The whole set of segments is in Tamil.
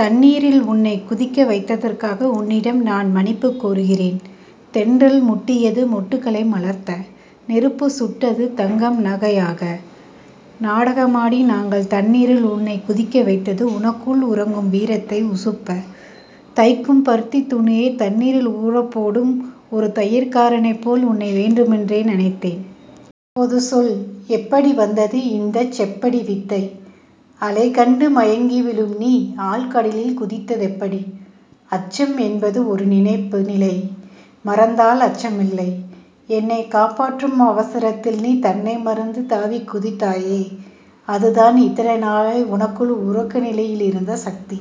தண்ணீரில் உன்னைக் குதிக்கவைத்ததற்காக உன்னிடம் நான் மன்னிப்புக் கோருகிறேன். தென்றல் முட்டியது மொட்டுக்களை மலர்த்த. நெருப்பு சுட்டது தங்கம் நகையாக. நாடகமாடி நாங்கள் தண்ணீரில் உன்னைக் குதிக்கவைத்தது உனக்குள் உறங்கும் வீரத்தை உசுப்ப. தைக்கும் பருத்தித் துணியைத் தண்ணீரில் ஊறப் போடும் ஒரு தையற்காரனைப் போல் உன்னை வேண்டுமென்றே நனைத்தேன். இப்போது சொல். எப்படி வந்தது இந்தச் செப்படி வித்தை? அலைகண்டு மயங்கிவிழும் நீ ஆழ்கடலில் குதித்ததெப்படி? அச்சம் என்பது ஒரு நினைப்பு நிலை. மறந்தால் அச்சமில்லை. என்னைக் காப்பாற்றும் அவசரத்தில் நீ தன்னை மறந்து தாவிக் குதித்தாயே. அதுதான் இத்தனை நாளாய் உனக்குள் உறக்கநிலையில் இருந்த சக்தி.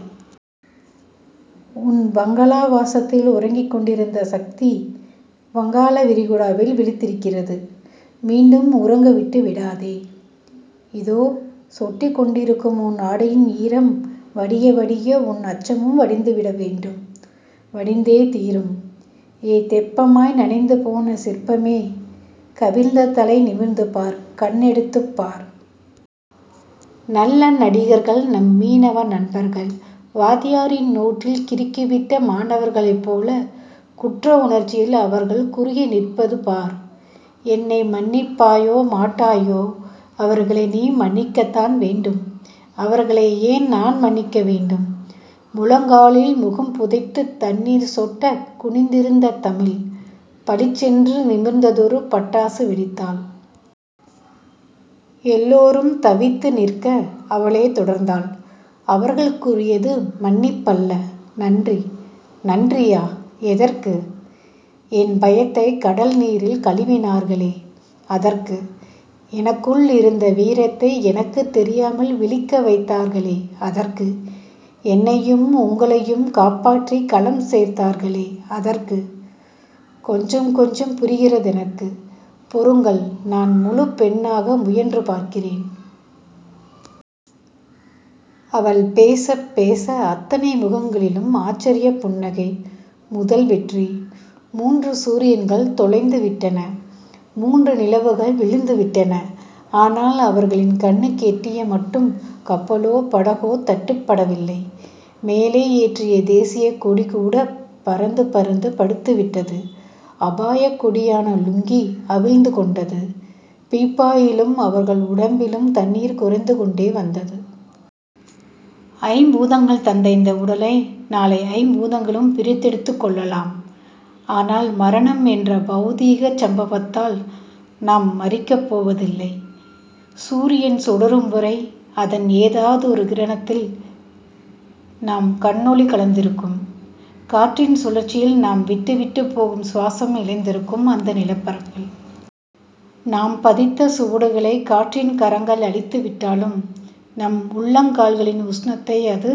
உன் பங்களாவாசத்தில் உறங்கிக் கொண்டிருந்த சக்தி. வங்காளவிரிகுடாவில் விழித்திருக்கிறது. மீண்டும் உறங்கவிட்டு விடாதே. இதோ. சொட்டிக் கொண்டிருக்கும் உன் ஆடையின் ஈரம் வடிய வடிய உன் அச்சமும் வடிந்துவிட வேண்டும். வடிந்தே தீரும். ஏ தெப்பமாய் நனைந்துபோன சிற்பமே. கவிழ்ந்த தலை நிமிர்ந்து பார். கண்ணெடுத்துப் பார். நல்ல நடிகர்கள் நம் மீனவ நண்பர்கள். வாத்தியாரின் நோட்டில் கிறுக்கிவிட்ட மாணவர்களைப் போலக் குற்ற உணர்ச்சியில் அவர்கள் குறுகிநிற்பது பார். என்னை மன்னிப்பாயோ... மாட்டாயோ... அவர்களை நீ மன்னிக்கத்தான் வேண்டும். அவர்களை ஏன் நான் மன்னிக்க வேண்டும்? முழங்காலில் முகம்புதைத்துத் தண்ணீர் சொட்டக் குனிந்திருந்த தமிழ், பளிச்சென்று நிமிர்ந்ததொரு பட்டாசு வெடித்தாள். எல்லோரும் தவித்துநிற்க, அவளே தொடர்ந்தாள். அவர்களுக்குரியது மன்னிப்பல்ல. நன்றி. நன்றியா? எதற்கு? என் பயத்தைக் கடல்நீரில் கழுவினார்களே. அதற்கு. எனக்குள்ளிருந்த வீரத்தை எனக்குத் தெரியாமல் விழிக்க வைத்தார்களே. அதற்கு. என்னையும் உங்களையும் காப்பாற்றிக் கலம் சேர்த்தார்களே. அதற்கு. கொஞ்சம் கொஞ்சம் புரிகிறதெனக்கு. பொறுங்கள். நான் முழுப்பெண்ணாக முயன்று பார்க்கிறேன். அவள் பேசப் பேச, அத்தனை முகங்களிலும் ஆச்சரியப் புன்னகை. முதல் வெற்றி. முன்று சூரியன்கள் தொலைந்துவிட்டன. மூன்று நிலவுகள் விழுந்துவிட்டன. ஆனால், அவர்களின் கண்ணுக்கெட்டியமட்டும் கப்பலோ படகோ தட்டுப்படவில்லை. மேலே ஏற்றிய தேசியக்கொடிகூடப் பறந்து பறந்து படுத்துவிட்டது. அபாயக்கொடியான லுங்கி அவிழ்ந்துகொண்டது. பீப்பாயிலும் அவர்கள் உடம்பிலும் தண்ணீர் குறைந்துகொண்டே வந்தது. ஐம்பூதங்கள் தந்த இந்த உடலை நாளை ஐம்பூதங்களும் பிரித்தெடுத்துக் கொள்ளலாம். ஆனால், மரணம் என்ற பெளதிகச் சம்பவத்தால் நாம் மரிக்கப் போவதில்லை. சூரியன் சுடரும்வரை அதன் ஏதாவதொரு கிரணத்தில் நம் கண்ணொளி கலந்திருக்கும். காற்றின் சுழற்சியில் நாம் விட்டுவிட்டுப் போகும் சுவாசம் இழைந்திருக்கும். அந்த நிலப்பரப்பில் நாம் பதித்த சுவடுகளைக் காற்றின் கரங்கள் அழித்துவிட்டாலும், நம் உள்ளங்கால்களின் உஷணத்தை அது